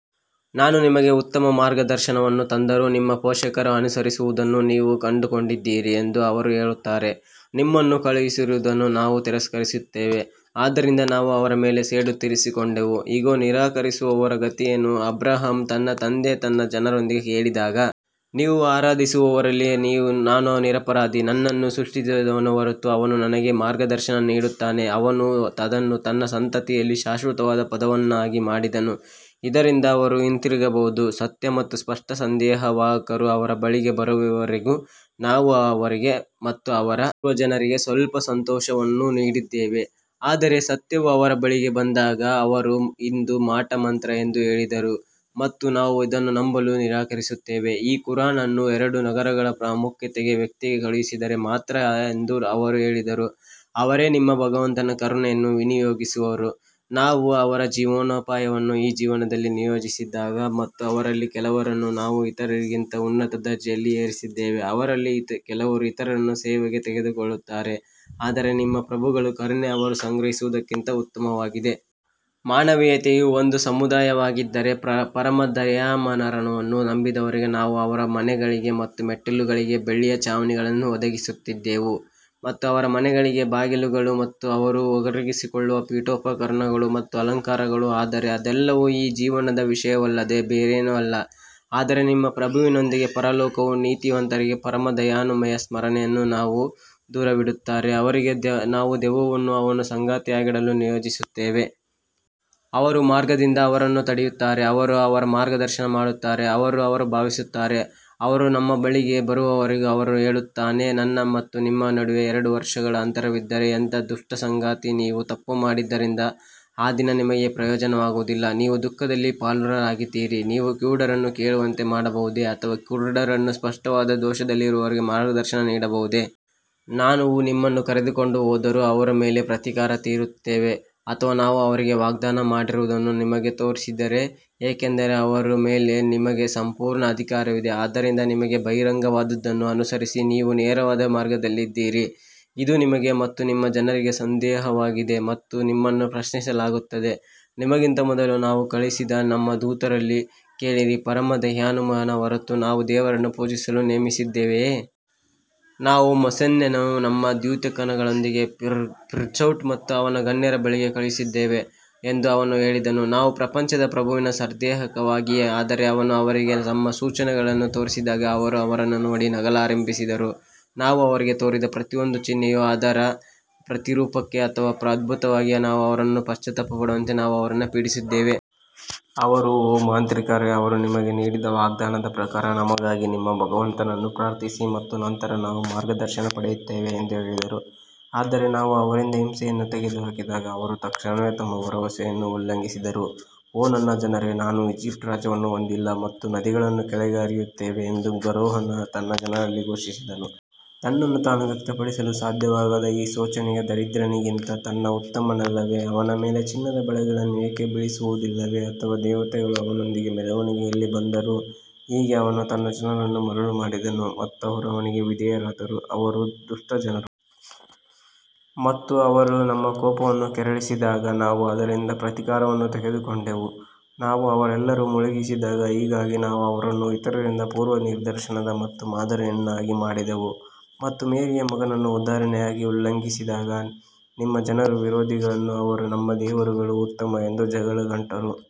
ನಾನು ನಿಮಗೆ ಉತ್ತಮ ಮಾರ್ಗದರ್ಶನವನ್ನು ತಂದರೂ, ನಿಮ್ಮ ಪೋಷಕರು ಅನುಸರಿಸುತ್ತಿರುವುದನ್ನು ನೀವು ಕಂಡುಕೊಂಡಿದ್ದೀರಿ ಎಂದು ಅವರು ಹೇಳುತ್ತಾರೆ, ನಿಮ್ಮನ್ನು ಕಳುಹಿಸಿರುವುದನ್ನು ನಾವು ತಿರಸ್ಕರಿಸುತ್ತೇವೆ. ಆದ್ದರಿಂದ ನಾವು ಅವರ ಮೇಲೆ ಸೇಡು ತೀರಿಸಿಕೊಂಡೆವು, ಇಗೋ, ನಿರಾಕರಿಸುವವರ ಗತಿಯೇನು ಅಬ್ರಹಾಮನು ತನ್ನ ತಂದೆ ಮತ್ತು ತನ್ನ ಜನರೊಂದಿಗೆ ಹೇಳಿದಾಗ ನೀವು ಆರಾಧಿಸುವುದರಲ್ಲಿ ನಾನು ನಿರಪರಾಧಿ ನನ್ನನ್ನು ಸೃಷ್ಟಿಸಿದವನ ಹೊರತು ಅವನು ನನಗೆ ಮಾರ್ಗದರ್ಶನ ನೀಡುತ್ತಾನೆ ಮತ್ತು ಅವನು ಅದನ್ನು ತನ್ನ ಸಂತತಿಯಲ್ಲಿ ಶಾಶ್ವತವಾದ ಪದವನ್ನಾಗಿ ಮಾಡಿದನು ಇದರಿಂದ ಅವರು ಹಿಂತಿರುಗಬಹುದು ಸತ್ಯ ಮತ್ತು ಸ್ಪಷ್ಟ ಸಂದೇಶವಾಹಕರು ಅವರ ಬಳಿಗೆ ಬರುವವರೆಗೆ ನಾನು ಅವರಿಗೆ ಮತ್ತು ಅವರ ಪೂರ್ವಜರಿಗೆ ಸ್ವಲ್ಪ ಸಂತೋಷವನ್ನು ನೀಡಿದ್ದೇನೆ ಆದರೆ ಸತ್ಯವು ಅವರ ಬಳಿಗೆ ಬಂದಾಗ ಅವರು ಇದು ಮಾಟಮಂತ್ರ ಎಂದು ಹೇಳಿದರು ಮತ್ತು ನಾವು ಇದನ್ನು ನಂಬಲು ನಿರಾಕರಿಸುತ್ತೇವೆ ಈ ಕುರಾನ್ ಅನ್ನು ಎರಡು ನಗರಗಳ ಪ್ರಾಮುಖ್ಯತೆಯ ವ್ಯಕ್ತಿಗೆ ಕಳುಹಿಸಿದರೆ ಮಾತ್ರ ಎಂದು ಅವರು ಹೇಳಿದರು ಅವರೇ ನಿಮ್ಮ ಭಗವಂತನ ಕರುಣೆಯನ್ನು ವಿನಿಯೋಗಿಸುವವರು ನಾವು ಅವರ ಜೀವನೋಪಾಯವನ್ನು ಈ ಜೀವನದಲ್ಲಿ ನಿಯೋಜಿಸಿದ್ದೇವೆ ಮತ್ತು ಅವರಲ್ಲಿ ಕೆಲವರನ್ನು ನಾವು ಇತರರಿಗಿಂತ ಉನ್ನತ ದರ್ಜೆಯಲ್ಲಿ ಏರಿಸಿದ್ದೇವೆ, ಅವರಲ್ಲಿ ಕೆಲವರು ಇತರರನ್ನು ಸೇವೆಗೆ ತೆಗೆದುಕೊಳ್ಳುತ್ತಾರೆ ಆದರೆ ನಿಮ್ಮ ಪ್ರಭುಗಳ ಕರುಣೆ ಅವರು ಸಂಗ್ರಹಿಸುವುದಕ್ಕಿಂತ ಉತ್ತಮವಾಗಿದೆ. ಮಾನವೀಯತೆಯು ಒಂದೇ ಸಮುದಾಯವಾಗದಿದ್ದರೆ, ಪರಮ ದಯಾಮರಣವನ್ನು ನಂಬದವರಿಗೆ ನಾವು ಅವರ ಮನೆಗಳಿಗೆ ಮತ್ತು ಮೆಟ್ಟಿಲುಗಳಿಗೆ ಬೆಳ್ಳಿಯ ಛಾವಣಿಗಳನ್ನು ಒದಗಿಸುತ್ತಿದ್ದೆವು. ಮತ್ತು ಅವರ ಮನೆಗಳಿಗೆ ಬಾಗಿಲುಗಳು ಮತ್ತು ಅವರು ಒರಗಿಕೊಳ್ಳುವ ಪೀಠೋಪಕರಣಗಳು ಮತ್ತು ಅಲಂಕಾರಗಳು ಆದರೆ ಅದೆಲ್ಲವೂ ಈ ಜೀವನದ ವಿಷಯವಲ್ಲದೆ ಬೇರೇನೂ ಅಲ್ಲ ಆದರೆ ನಿಮ್ಮ ಪ್ರಭುವಿನೊಂದಿಗೆ ಪರಲೋಕವು ನೀತಿವಂತರಿಗೆ ಪರಮ ದಯಾಮಯನ ಸ್ಮರಣೆಯನ್ನು ಯಾರು ದೂರವಿಡುತ್ತಾರೋ ಅವರಿಗೆ ನಾವು ದೆವ್ವವನ್ನು ಅವನ ಸಂಗಾತಿಯಾಗಲು ನಿಯೋಜಿಸುತ್ತೇವೆ. ಅವರು ಮಾರ್ಗದಿಂದ ಅವರನ್ನು ತಡೆಯುತ್ತಾರೆ, ಆದರೂ ಅವರು ಮಾರ್ಗದರ್ಶನ ಮಾಡುತ್ತಾರೆ ಎಂದು ಅವರು ಭಾವಿಸುತ್ತಾರೆ ಅವನು ನಮ್ಮ ಬಳಿಗೆ ಬರುವವರೆಗೂ ಅವನು ಹೇಳುತ್ತಾನೆ ನನ್ನ ಮತ್ತು ನಿಮ್ಮ ನಡುವೆ ಎರಡು ಪೂರ್ವಗಳ ಅಂತರವಿದ್ದರೆ ಎಂತಹ ದುಷ್ಟ ಸಂಗಾತಿ ನೀವು ತಪ್ಪು ಮಾಡಿದ್ದರಿಂದ ಆ ದಿನ ನಿಮಗೆ ಪ್ರಯೋಜನವಾಗುವುದಿಲ್ಲ, ನೀವು ದುಃಖದಲ್ಲಿ ಪಾಲುದಾರರಾಗಿದ್ದೀರಿ ನೀವು ಕಿವುಡರನ್ನು ಕೇಳುವಂತೆ ಮಾಡಬಹುದೇ ಅಥವಾ ಕುರುಡರನ್ನು ಮತ್ತು ಸ್ಪಷ್ಟವಾದ ದೋಷದಲ್ಲಿರುವವರಿಗೆ ಮಾರ್ಗದರ್ಶನ ನೀಡಬಹುದೇ? ನಾವು ನಿನ್ನನ್ನು ಕರೆದುಕೊಂಡು ಹೋದರೂ ಅವರ ಮೇಲೆ ಪ್ರತೀಕಾರ ತೀರಿಸುತ್ತೇವೆ ಅಥವಾ ನಾವು ಅವರಿಗೆ ವಾಗ್ದಾನ ಮಾಡಿರುವುದನ್ನು ನಿಮಗೆ ತೋರಿಸಿರಿ ಏಕೆಂದರೆ ಅವರ ಮೇಲೆ ನಮಗೆ ಸಂಪೂರ್ಣ ಅಧಿಕಾರವಿದೆ ಆದ್ದರಿಂದ ನಿಮಗೆ ಬಹಿರಂಗವಾದದ್ದನ್ನು ಅನುಸರಿಸಿ, ನೀವು ನೇರವಾದ ಮಾರ್ಗದಲ್ಲಿದ್ದೀರಿ ಇದು ನಿಮಗೆ ಮತ್ತು ನಿಮ್ಮ ಜನರಿಗೆ ಸಂದೇಶವಾಗಿದೆ ಮತ್ತು ನಿಮ್ಮನ್ನು ಪ್ರಶ್ನಿಸಲಾಗುತ್ತದೆ ನಿಮಗಿಂತ ಮೊದಲು ನಾವು ಕಳುಹಿಸಿದ ನಮ್ಮ ದೂತರಲ್ಲಿ ಕೇಳಿರಿ, ಪರಮ ದಯಾಮಯನ ಹೊರತಾಗಿ ನಾವು ದೇವರುಗಳನ್ನು ಪೂಜಿಸಲು ನೇಮಿಸಿದ್ದೇವೆಯೇ? ನಾವು ಮೋಸೆಸ್ನನ್ನು ನಮ್ಮ ದ್ಯೋತಕಗಳೊಂದಿಗೆ ಫಿರ್ಔನ್ ಮತ್ತು ಅವನ ಗಣ್ಯರ ಬಳಿಗೆ ಕಳುಹಿಸಿದ್ದೇವೆ ಎಂದು ಅವನು ಹೇಳಿದನು, ನಾನು ಪ್ರಪಂಚದ ಪ್ರಭುವಿನ ಸಂದೇಶವಾಹಕನಾಗಿದ್ದೇನೆ. ಆದರೆ ಅವನು ಅವರಿಗೆ ನಮ್ಮ ಸೂಚನೆಗಳನ್ನು ತೋರಿಸಿದಾಗ ಅವರು ಅವರನ್ನು ನೋಡಿ ನಗಲಾರಂಭಿಸಿದರು ನಾವು ಅವರಿಗೆ ತೋರಿಸಿದ ಪ್ರತಿಯೊಂದು ಚಿಹ್ನೆಯು ಅದರ ಪ್ರತಿರೂಪಕ್ಕಿಂತ ಹೆಚ್ಚು ಅದ್ಭುತವಾಗಿದೆ ಮತ್ತು ನಾವು ಅವರನ್ನು ಪಶ್ಚಾತ್ತಾಪ ಪಡುವಂತೆ ನಾವು ಅವರನ್ನು ಪೀಡಿಸಿದ್ದೇವೆ. ಅವರು ಓ ಮಾಂತ್ರಿಕರೇ, ಅವರು ನಿಮಗೆ ನೀಡಿದ ವಾಗ್ದಾನದ ಪ್ರಕಾರ ನಮಗಾಗಿ ನಿಮ್ಮ ಭಗವಂತನನ್ನು ಪ್ರಾರ್ಥಿಸಿ ಮತ್ತು ನಂತರ ನಾವು ಮಾರ್ಗದರ್ಶನ ಪಡೆಯುತ್ತೇವೆ ಎಂದು ಹೇಳಿದರು. ಆದರೆ ನಾವು ಅವರಿಂದ ಹಿಂಸೆಯನ್ನು ತೆಗೆದುಹಾಕಿದಾಗ ಅವರು ತಕ್ಷಣವೇ ತಮ್ಮ ಭರವಸೆಯನ್ನು ಉಲ್ಲಂಘಿಸಿದರು ಓ ನನ್ನ ಜನರೇ ನಾನು ಈಜಿಪ್ಟ್ ರಾಜ್ಯವನ್ನು ಹೊಂದಿಲ್ಲ ಮತ್ತು ಈ ನದಿಗಳು ನನ್ನ ಕೆಳಗೆ ಹರಿಯುತ್ತವೆ ಎಂದು ಫರೋಹನು ತನ್ನ ಜನರಲ್ಲಿ ಘೋಷಿಸಿದನು. ತನ್ನನ್ನು ತಾನು ವ್ಯಕ್ತಪಡಿಸಲು ಸಾಧ್ಯವಾಗದ ಈ ಶೋಚನೀಯ ದರಿದ್ರನಿಗಿಂತ ನಾನು ಉತ್ತಮನಲ್ಲವೇ? ಅವನ ಮೇಲೆ ಚಿನ್ನದ ಬಳೆಗಳನ್ನು ಏಕೆ ಬೀಳಿಸುವುದಿಲ್ಲ ಅಥವಾ ದೇವತೆಗಳು ಅವನೊಂದಿಗೆ ಮೆರವಣಿಗೆಯಲ್ಲಿ ಬಂದರು ಹೀಗೆ ಅವನು ತನ್ನ ಜನರನ್ನು ಮರುಳು ಮಾಡಿದನು ಮತ್ತು ಅವರು ಅವನಿಗೆ ವಿಧೇಯರಾದರು ಅವರು ದುಷ್ಟ ಜನರು ಮತ್ತು ಅವರು ನಮ್ಮ ಕೋಪವನ್ನು ಕೆರಳಿಸಿದಾಗ ನಾವು ಅವರಿಂದ ಪ್ರತೀಕಾರವನ್ನು ತೆಗೆದುಕೊಂಡೆವು ಮತ್ತು ನಾವು ಅವರೆಲ್ಲರನ್ನು ಮುಳುಗಿಸಿದೆವು ಹೀಗಾಗಿ ನಾವು ಅವರನ್ನು ಇತರರಿಗೆ ಪೂರ್ವನಿದರ್ಶನ ಮತ್ತು ಮಾದರಿಯನ್ನಾಗಿ ಮಾಡಿದೆವು ಮತ್ತು ಮೇರಿಯ ಮಗನನ್ನು ಉದಾಹರಣೆಯಾಗಿ ಉಲ್ಲೇಖಿಸಿದಾಗ ನಿಮ್ಮ ಜನರು ವಿರೋಧಿಸಿದರು ಅವರು ನಮ್ಮ ದೇವರುಗಳು ಉತ್ತಮರೇ ಅಥವಾ ಅವರು ಅವನನ್ನು ವಾದಕ್ಕಾಗಿ ಮಾತ್ರ ಉಲ್ಲೇಖಿಸಿದ್ದಾರೆ ಎಂದು ಹೇಳಿದರು, ವಾಸ್ತವವಾಗಿ ಅವರು ಜಗಳಗಂಟರು.